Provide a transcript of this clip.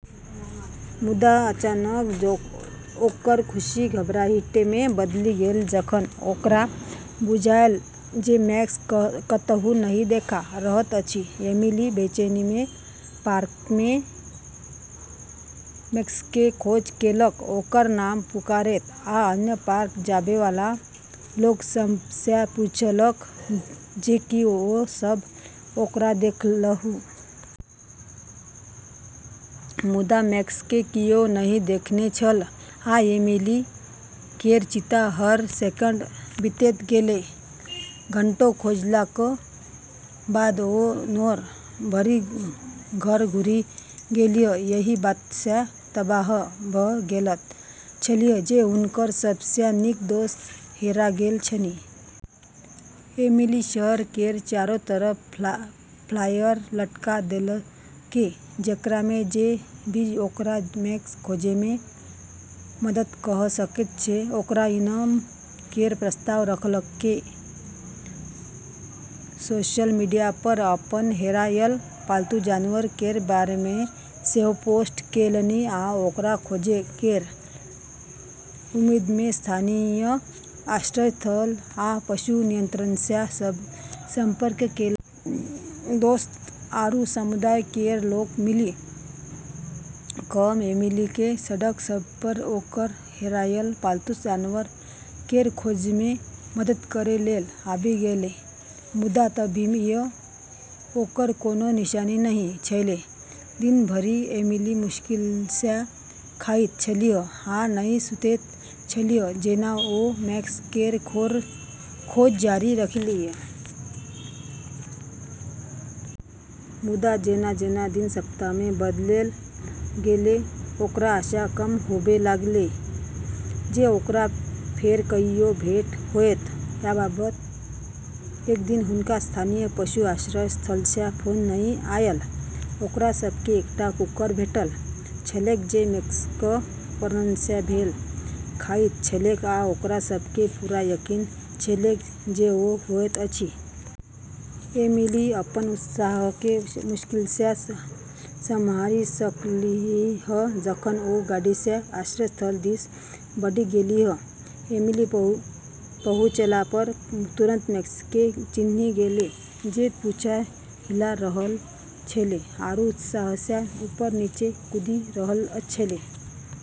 मुदा अचानक ओकर खुशी घबराहटिमे बदलि गेलै जखन ओकरा बुझायल जे मैक्स कतहु नहि देखा रहल अछि। एमिली बेचैनीमे पार्कमे मैक्सकेँ खोज केलक, ओकर नाम पुकारैत आ अन्य पार्क जाबैवाला लोक सभसँ पूछलक जे की ओ सभ ओकरा देखलहुँ। मुदा मैक्सकेँ कियो नहि देखने छल, आ एमिली केर चिंता हर सेकेंड बीतैत गेलै। घंटों खोजलाक बाद ओ नोर भरि घर घुरि गेलीह, एहि बातसँ तबाह भऽ गेल छलीह जे हुनकर सबसँ नीक दोस्त हेरा गेल छनि। एमिली शहर केर चारो तरफ फ्लायर लटका देलकै, जेकरामे जे भी ओकरा मैक्स खोजैमे मदद कऽ सकैत छै ओकरा इनाम केर प्रस्ताव रखलकै। सोशल मीडियापर अपन हेरायल पालतू जानवर केर बारेमे सेहो पोस्ट केलनि आ ओकरा खोजै केर उम्मीदमे स्थानीय आश्रय स्थल आ पशु नियंत्रणसँ संपर्क केलनि। दोस्त आरू समुदाय केर लोक मिलि कऽ एमिलीकेँ सड़क सभपर ओकर हेरायल पालतू जानवर केर खोजमे मदद करै लेल आबि गेलै, मुदा तभियो ओकर कोनो निशानी नहि छेलै। दिन भरि एमिली मुश्किलसँ खाइत छलीह आ नहि सुतैत छलीह जेना ओ मैक्स केर खोज जारी रखलीह। मुदा जेना-जेना दिन सप्ताहमे बदलैत गेलै, ओकरा आशा कम होबै लागलै जे ओकरा फेर कहियो भेट होएत। याबत एक दिन हुनका स्थानीय पशु आश्रय स्थलसँ फोन नहि आयल। ओकरा सभकेँ एकटा कुकुर भेटल छलैक जे मैक्सक वर्णनसँ मेल खाइत छलैक, आ ओकरा सभकेँ पूरा यकीन छलैक जे ओ ओएह अछि। एमिली अपन उत्साहकेँ मुश्किलसँ सम्हारि सकलीह जखन ओ गाड़ीसँ आश्रय स्थल दिस बढ़ि गेलीह। एमिली पहुँचलापर तुरंत मैक्सकेँ चिन्हि गेलै, जे पूँछ हिला रहल छेलै आरू उत्साहसँ ऊपर-नीचे कूदि रहल छेलै।